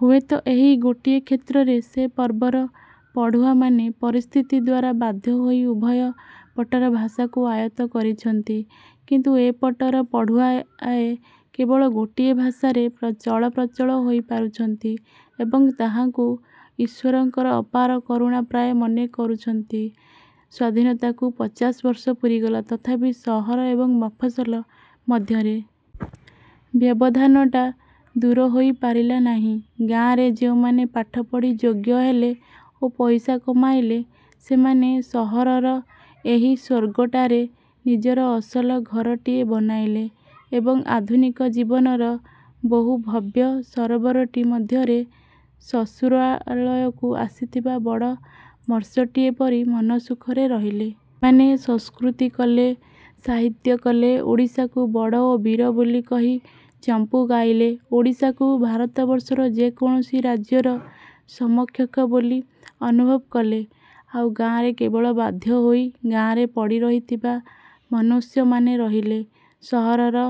ହୁଏତ ଏହି ଗୋଟିଏ କ୍ଷେତ୍ରରେ, ସେ ପର୍ବର ପଢୁଆମାନେ ପରିସ୍ଥିତି ଦ୍ଵାରା ବାଧ୍ୟ ହୋଇ ଉଭୟ ପଟର ଭାଷାକୁ ଆୟତ୍ତ କରିଛନ୍ତି, କିନ୍ତୁ ଏପଟର ପଢୁଆଏ କେବଳ ଗୋଟିଏ ଭାଷାରେ ଚଳପ୍ରଚଳ ହୋଇପାରୁଛନ୍ତି ଏବଂ ତାହାକୁ ଈଶ୍ଵରଙ୍କର ଅପାର କରୁଣା ପ୍ରାୟ ମନେକରୁଛନ୍ତି। ସ୍ୱାଧୀନତାକୁ ପଚାଶ ବର୍ଷ ପୂରିଗଲା, ତଥାପି ସହର ଏବଂ ମଫସଲ ମଧ୍ୟରେ। ବ୍ୟବଧାନଟା ଦୂରହୋଇ ପାରିଲା ନାହିଁ। ଗାଁରେ ଯେଉଁମାନେ ପାଠ ପଢ଼ି ଯୋଗ୍ୟ ହେଲେ ଓ ପଇସା କମାଇଲେ, ସେମାନେ ସହରରର ଏହି ସ୍ୱର୍ଗଟାରେ ନିଜର ଅସଲ ଘରଟିଏ ବନାଇଲେ ଏବଂ ଆଧୁନିକ ଜୀବନର ବହୁଭବ୍ୟ ସରୋବରଟି ମଧ୍ୟରେ ଶ୍ୱଶୁରାଳୟକୁ ଆସିଥିବା ବଡ଼ ମତ୍ସ୍ୟଟିଏ ପରି ମନସୁଖରେ ରହିଲେ। ସେମାନେ ସଂସ୍କୃତି କଲେ, ସାହିତ୍ୟ କଲେ, ଓଡ଼ିଶାକୁ ବଡ଼ ଓ ବୀର ବୋଲି କହି ଚମ୍ପୁ ଗାଇଲେ। ଓଡ଼ିଶାକୁ ଭାରତବର୍ଷର ଯେକୌଣସି ରାଜ୍ୟର ସମକକ୍ଷ ବୋଲି ଅନୁଭବ କଲେ, ଆଉ ଗାଆଁରେ କେବଳ ବାଧ୍ୟ ହୋଇ ଗାଆଁରେ ପଡ଼ି ରହିଥିବା ମନୁଷ୍ୟମାନେ ରହିଲେ। ସହରର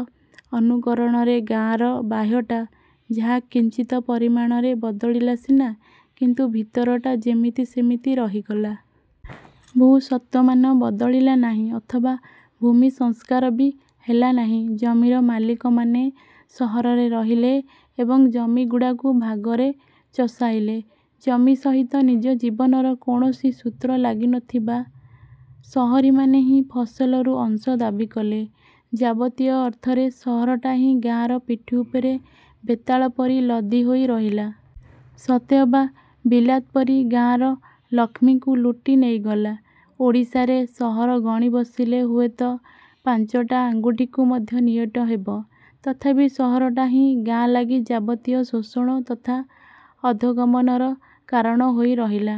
ଅନୁକରଣରେ ଗାଆଁର ବାହ୍ୟଟା ଯାହା କିଞ୍ଚିତ୍ ପରିମାଣରେ ବଦଳିଲା ସିନା, କିନ୍ତୁ ଭିତରଟା ଯେମିତି ସେମିତି ରହିଗଲା। ଭୂସତ୍ଵମାନ ବଦଳିଲା ନାହିଁ ଅଥବା ଭୂମି ସଂସ୍କାର ବି ହେଲା ନାହିଁ। ଜମିର ମାଲିକମାନେ ସହରରେ ରହିଲେ ଏବଂ ଜମିଗୁଡ଼ାକୁ ଭାଗରେ ଚଷାଇଲେ। ଜମି ସହିତ ନିଜ ଜୀବନର କୌଣସି ସୂତ୍ର ଲାଗିନଥିବା ସହରୀମାନେ ହିଁ ଫସଲରୁ ଅଂଶ ଦାବିକଲେ। ଯାବତୀୟ ଅର୍ଥରେ ସହରଟା ହିଁ ଗାଆଁର ପିଠି ଉପରେ ବେତାଳ ପରି ଲଦିହୋଇ ରହିଲା। ସତେଅବା ବିଲାତ ପରି ଗାଆଁର ଲକ୍ଷ୍ମୀଙ୍କୁ ଲୁଟି ନେଇଗଲା। ଓଡ଼ିଶାରେ ସହର ଗଣି ବସିଲେ ହୁଏତ ପାଞ୍ଚଟା ଆଙ୍ଗୁଠିକୁ ମଧ୍ୟ ନିଅଣ୍ଟ ହେବ, ତଥାପି ସହରଟା ହିଁ ଗାଆଁ ଲାଗି ଯାବତୀୟ ଶୋଷଣ ତଥା ଅଧୋଗମନର କାରଣ ହୋଇ ରହିଲା।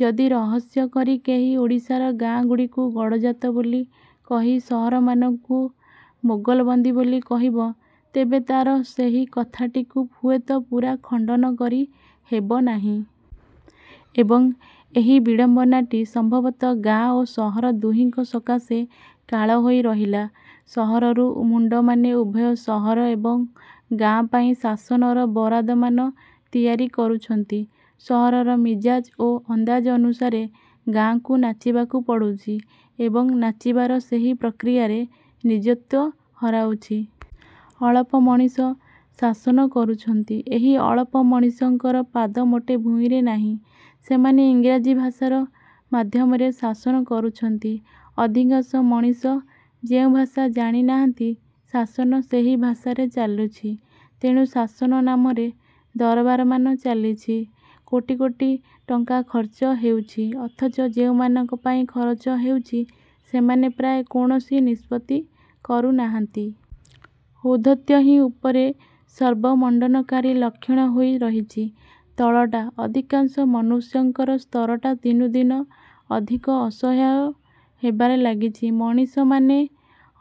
ଯଦି ରହସ୍ୟ କରି କେହି ଓଡ଼ିଶାର ଗାଆଁଗୁଡ଼ିକୁ ଗଡ଼ଜାତ ବୋଲି କହି ସହରମାନଙ୍କୁ ମୋଗଲବନ୍ଦୀ ବୋଲି କହିବ, ତେବେ ତା'ର ସେହି କଥାଟିକୁ ହୁଏତ ପୂରା ଖଣ୍ଡନ କରି ହେବନାହିଁ। ଏବଂ, ଏହି ବିଡ଼ମ୍ବନାଟି ସମ୍ଭବତଃ ଗାଆଁ ଓ ସହର ଦୁହିଙ୍କ ସକାଶେ କାଳ ହୋଇ ରହିଲା। ସହରରୁ ମୁଣ୍ଡମାନେ ଉଭୟ ସହର ଏବଂ ଗାଆଁ ପାଇଁ ଶାସନର ବରାଦମାନ ତିଆରି କରୁଛନ୍ତି। ସହରର ମିଜାଜ ଓ ଅନ୍ଦାଜ ଅନୁସାରେ ଗାଆଁକୁ ନାଚିବାକୁ ପଡୁଛି ଏବଂ ନାଚିବାର ସେହି ପ୍ରକ୍ରିୟାରେ ନିଜତ୍ୱ ହରାଉଛି। ଅଳପ ମଣିଷ ଶାସନ କରୁଛନ୍ତି। ଏହି ଅଳପ ମଣିଷଙ୍କର ପାଦ ମୋଟେ ଭୂଇଁରେ ନାହିଁ। ସେମାନେ ଇଂରାଜୀ ଭାଷାର ମାଧ୍ୟମରେ ଶାସନ କରୁଛନ୍ତି। ଅଧିକାଂଶ ମଣିଷ ଯେଉଁ ଭାଷା ଜାଣିନାହାନ୍ତି, ଶାସନ ସେହି ଭାଷାରେ ଚାଲୁଛି। ତେଣୁ ଶାସନ ନାମରେ ଦରବାରମାନ ଚାଲିଛି। କୋଟି କୋଟି ଟଙ୍କା ଖର୍ଚ୍ଚ ହେଉଛି; ଅଥଚ ଯେଉଁମାନଙ୍କ ପାଇଁ ଖରଚ ହେଉଛି, ସେମାନେ ପ୍ରାୟ କୌଣସି ନିଷ୍ପତ୍ତି କରୁନାହାନ୍ତି। ଔଦ୍ଧତ୍ୟ ହିଁ ଉପରେ ସର୍ବମଣ୍ଡନକାରୀ ଲକ୍ଷଣ ହୋଇ ରହିଛି। ତଳଟା, ଅଧିକାଂଶ ମନୁଷ୍ୟଙ୍କର ସ୍ତରଟା ଦିନୁଦିନ ଅଧିକ ଅସହାୟ ହେବାରେ ଲାଗିଛି। ମଣିଷମାନେ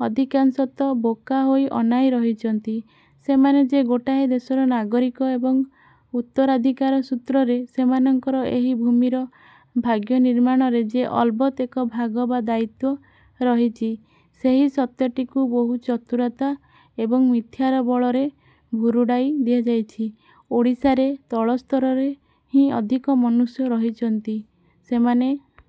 ଅଧିକାଂଶତଃ ବୋକା ହୋଇ ଅନାଇ ରହିଛନ୍ତି। ସେମାନେ ଯେ ଗୋଟାଏ ଦେଶର ନାଗରିକ ଏବଂ ଉତ୍ତରାଧିକାର ସୂତ୍ରରେ ସେମାନଙ୍କର ଏହି ଭୂମିର ଭାଗ୍ୟନିର୍ମାଣରେ ଯେ ଅଲବତ ଏକ ଭାଗ ବା ଦାୟିତ୍ୱ ରହିଛି, ସେହି ସତ୍ୟଟିକୁ ବହୁ ଚତୁରତା ଏବଂ ମିଥ୍ୟାର ବଳରେ ଭୁରୁଡ଼ାଇ ଦିଆଯାଇଛି। ଓଡ଼ିଶାରେ ତଳସ୍ତରରେ ହିଁ ଅଧିକ ମନୁଷ୍ୟ ରହିଛନ୍ତି। ସେମାନେ